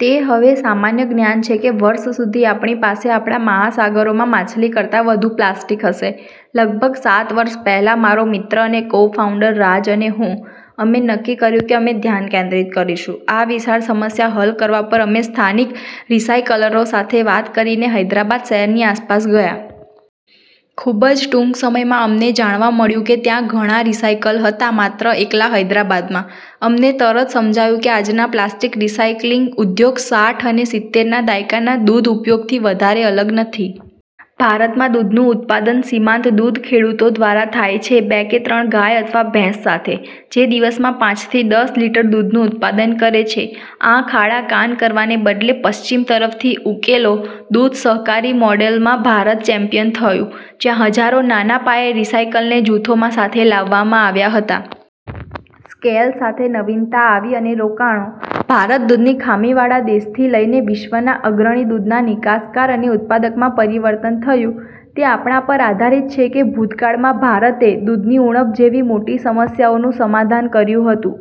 તે હવે સામાન્ય જ્ઞાન છે કે વર્ષ સુધી આપણી પાસે આપણા મહાસાગરોમાં માછલી કરતા વધુ પ્લાસ્ટિક હશે. લગભગ સાત વર્ષ પહેલાં, મારો મિત્ર અને કોફાઉન્ડર રાજ અને હું, અમે નક્કી કર્યું કે અમે ધ્યાન કેન્દ્રિત કરીશું, આ વિશાળ સમસ્યા હલ કરવા પર અમે સ્થાનિક રિસાયકલરો સાથે વાત કરીને હૈદરાબાદ શહેરની આસપાસ ગયા. ખૂબ જ ટૂંક સમયમાં, અમને જાણવા મળ્યું કે ત્યાં ઘણા રિસાયકલ હતા માત્ર એકલા હૈદરાબાદમાં. અમને તરત સમજાયું કે આજના પ્લાસ્ટિક રિસાયક્લિંગ ઉદ્યોગ સાઠ અને સિતેર ના દાયકાના દૂધ ઉદ્યોગ થી વધારે અલગ નથી. ભારત માં દૂધનું ઉત્પાદન સીમાંત દૂધ ખેડુતો દ્વારા થાય છે, બે કે ત્રણ ગાય અથવા ભેંસ સાથે, જે દિવસમાં પાંચથી દસ લિટર દૂધ નું ઉત્પાદન કરે છે. આંખ આડા કાન કરવાને બદલે પશ્ચિમ તરફથી ઉકેલો, દૂધ સહકારી મોડેલમાં ભારત ચેમ્પિયન થયું, જ્યાં હજારો નાના પાયે રિસાયકલને જૂથોમાં સાથે લાવવામાં આવ્યા હતા. સ્કેલ સાથે નવીનતા આવી અને રોકાણો, ભારત દૂધની ખામીવાળા દેશથી લઈને વિશ્વના અગ્રણી દૂધના નિકાસકાર અને ઉત્પાદક માં પરિવર્તન થયું. તે આપણા પર આધારીત છે કે ભૂતકાળમાં ભારતે દૂધની ઉણપ જેવી મોટી સમસ્યાઓનું સમાધાન કર્યું હતું.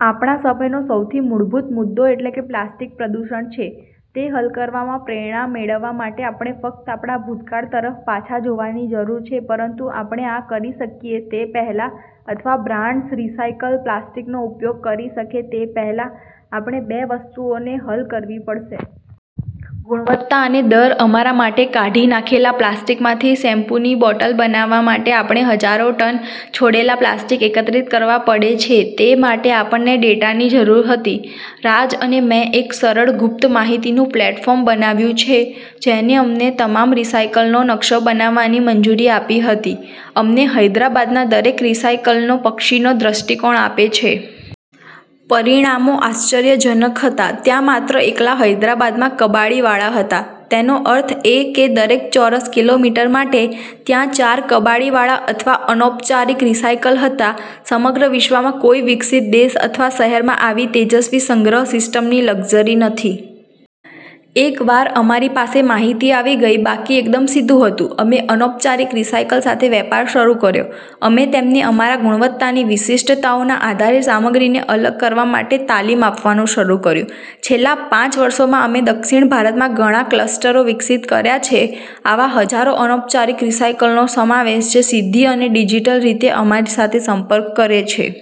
આપણા સમયનો સૌથી મૂળભૂત મુદ્દો એટલે કે પ્લાસ્ટિક પ્રદૂષણ છે, તે હલ કરવામાં પ્રેરણા મેળવવા માટે આપણે ફક્ત આપણા ભૂતકાળ તરફ પાછા જોવાની જરૂર છે, પરંતુ આપણે આ કરી શકીએ તે પહેલાં અથવા બ્રાન્ડસ્ રિસાયકલ પ્લાસ્ટિકનો ઉપયોગ કરી શકે તે પહેલાં, આપણે બે વસ્તુઓને હલ કરવી પડશે. ગુણવત્તા અને દર અમારા માટે કાઢી નાખેલા પ્લાસ્ટિકમાંથી શેમ્પૂ ની બોટલ બનાવવા માટે, આપણે હજારો ટન છોડેલા પ્લાસ્ટિક એકત્રિત કરવા પડે છે. તે માટે, આપણને ડેટાની જરૂર હતી. રાજ અને મેં એક સરળ ગુપ્ત માહિતીનું પ્લેટફોર્મ બનાવ્યું છે જેને અમને તમામ રિસાયકલનો નકશો બનાવવાની મંજૂરી આપી હતી, અમને હૈદરાબાદના દરેક રિસાયકલનો પક્ષીનો દૃષ્ટિકોણ આપે છે. પરિણામો આશ્ચર્યજનક હતા. ત્યાં માત્ર એકલા હૈદરાબાદમાં કબાડીવાળા હતા. તેનો અર્થ એ કે દરેક ચોરસ કિલોમીટર માટે, ત્યાં ચાર કબાડીવાળા અથવા અનૌપચારિક રિસાયકલ હતા. સમગ્ર વિશ્વમાં કોઈ વિકસિત દેશ અથવા શહેરમાં આવી તેજસ્વી સંગ્રહ સિસ્ટમની લક્ઝરી નથી. એકવાર અમારી પાસે માહિતી આવી ગઇ, બાકી એકદમ સીધું હતું. અમે અનૌપચારિક રિસાયકલ સાથે વેપાર શરૂ કર્યો, અમે તેમને અમારા ગુણવત્તાની વિશિષ્ટતાઓના આધારે સામગ્રીને અલગ કરવા માટે તાલીમ આપવાનું શરૂ કર્યું. છેલ્લાં પાંચ વર્ષોમાં, અમે દક્ષિણ ભારતમાં ઘણા ક્લસ્ટરો વિકસિત કર્યા છે, આવા હજારો અનૌપચારિક રિસાયકલનો સમાવેશ, જે સીધી અને ડિજિટલ રીતે અમારી સાથે સંપર્ક કરે છે.